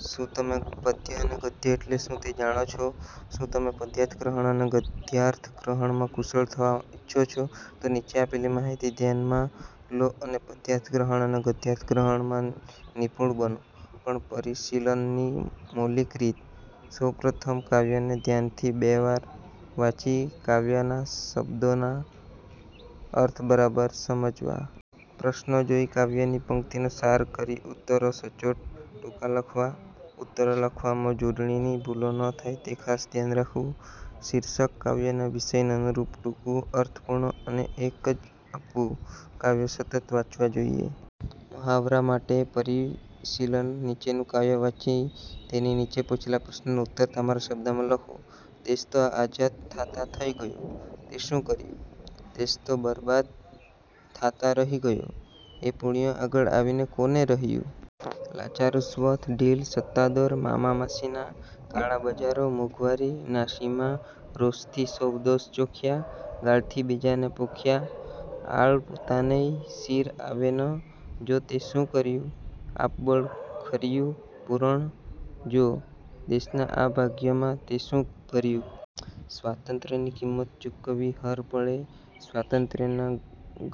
શું તમે પદ્ય અને ગદ્ય એટલે શુંં તે જાણો છો? શું તમે પદ્યાર્થગ્રહણ અને ગદ્યાર્થગ્રહણમાં કુશળ થવા ઇચ્છો છો. તો નીચે આપેલી માહિતી ધ્યાનમાં લો અને પદ્યાર્થગ્રહણ અને ગદ્યાર્થગ્રહણમાં નિપુણ બનો. પદ્ય પરિશીલનની મૌલિક રીત: સૌ પ્રથમ કાવ્યને ધ્યાનથી બે વાર વાંચી કાવ્યના શબ્દોના અર્થ બરાબર સમજવા. પ્રશ્નો જોઈ કાવ્યની પંક્તિનો સાર કરી ઉત્તરો સચોટ, ટૂંકા લખવા. ઉત્તરો લખવામાં જોડણીની ભૂલો ન થાય તે ખાસ ધ્યાન રાખવું. શીર્ષક કાવ્યના વિષયને અનુરૂપ ટૂંકું, અર્થપૂર્ણ અને એક જ આપવું. કાવ્યો સતત વાંચવા જોઈએ. મહાવરા માટે પદ્યપરિશીલન: નીચેનું કાવ્ય વાંચી તેની નીચે પૂછેલા પ્રશ્નોના ઉત્તર તમારા શબ્દોમાં લખો. દેશ તો આઝાદ થાતાં થઈ ગયો, તેં શું કર્યું? દેશ તો બરબાદ થાતાં રહી ગયો, એ પુણ્ય આગળ આવીને કોને રહ્યું? લાંચરુશ્વત, ઢીલ, સત્તાદોર, મામામાસીના, કાળા બજારો, મોંઘવારી; ના સીમા! રોષથી સૌ દોષ ગોખ્યાં, ગાળથી બીજાને પોખ્યાં. આળ પોતાનેય શિર આવે ન, જો! તે શું કર્યું? આપબળ ખચ્યુઁ પૂરણ? જો, દેશના આ ભાગ્યમાં તેં શું ભર્યું? સ્વાતંત્ર્યની કિંમત ચૂકવવી હર પળે; સ્વાતંત્ર્યના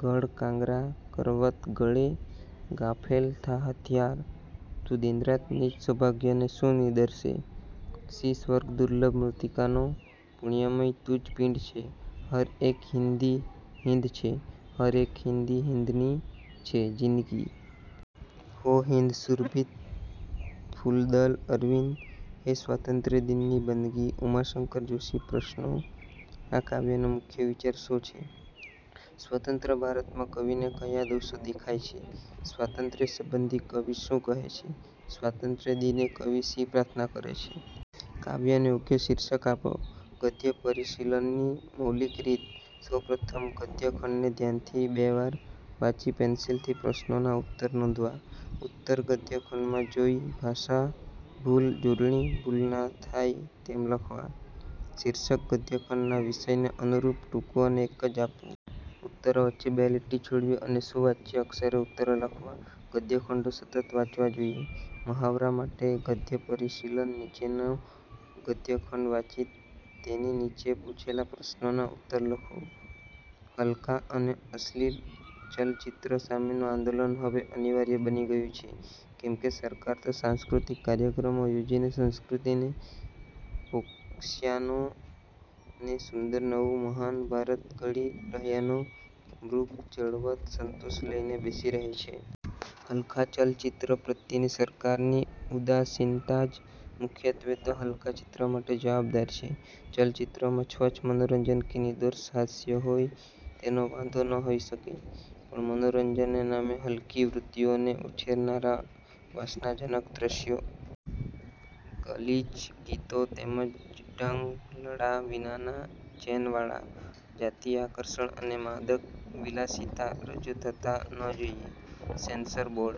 ગઢકાંગરા: કરવત ગળે. ગાફેલ, થા હુશિયાર! તું દિનરાત નિજ સૌભાગ્યને શું નિંદશે? શી સ્વર્ગદુર્લભ મૃતિકાનો પુણ્યમય તુજ પિંડ છે! હર એક હિંદી હિંદ છે. હર એક હિંદી હિંદની છે જિંદગી. હો હિંદ સુરભિત ફુલ્લદલ અરવિંદ: એ સ્વાતંત્ર્ય દિનની બંદગી. ઉમાશંકર જોષી પ્રશ્નો: આ કાવ્યનો મુખ્ય વિચાર શો છે? સ્વતંત્ર ભારતમાં કવિને ક્યા દોષો દેખાય છે? સ્વાતંત્ર્ય સંબંધી કવિ શું કહે છે? સ્વાતંત્ર્ય દિને કવિ શી પ્રાર્થના કરે છે? કાવ્યને યોગ્ય શીર્ષક આપો. ગદ્ય પરિશીલનની મૌલિક રીત: સૌ પ્રથમ ગદ્યખંડને ધ્યાનથી બે વાર વાંચી પેન્સિલથી પ્રશ્નોના ઉત્તર નોંધવા. ઉત્તર ગદ્યખંડમાં જોઈ ભાષા ભૂલ, જોડણી ભૂલ ના થાય તેમ લખવા. શીર્ષક ગદ્યખંડના વિષયને અનુરૂપ ટૂંકું અને એક જ આપવું. ઉત્તરો વચ્ચે બે લીટી છોડવી અને સુવાચ્ય અક્ષરે ઉત્તરો લખવા. ગદ્યખંડો સતત વાંચવા જોઈએ. મહાવરા માટે ગદ્યપરિશીલન: નીચેનો ગદ્યખંડ વાંચી તેની નીચે પૂછેલા પ્રશ્નોના ઉત્તર લખો. હલકાં અને અશ્લિલ ચલચિત્રો સામેનું આંદોલન હવે અનિવાર્ય બની ગયું છે, કેમ કે સરકાર તો સાંસ્કૃતિક કાર્યક્રમો યોજીને સંસ્કૃતિને પોષ્યાનો ને સુંદર નવું મહાન ભારત ઘડી રહ્યાનો મૃગજળવત્ સંતોષ લઈને બેસી રહી છે. હલકાં ચલચિત્રો પ્રત્યેની સરકારની ઉદાસીનતા જ મુખ્યત્વે તો હલકાં ચિત્રો માટે જવાબદાર છે. ચલચિત્રોમાં સ્વચ્છ મનોરંજન કે નિર્દોષ હાસ્ય હોય તેનો વાંધો ન હોઈ શકે, પણ મનોરંજનને નામે હલકી વૃત્તિઓને ઉશ્કેરનારા વાસનાજનક દ્રશ્યો, ગલીચ ગીતો તેમ જ ઢંગધડા વિનાના ચેનવાળા, જાતીય આકર્ષણ અને માદક વિલાસિતા રજૂ થવાં ન જોઈએ, સેન્સર બોર્ડ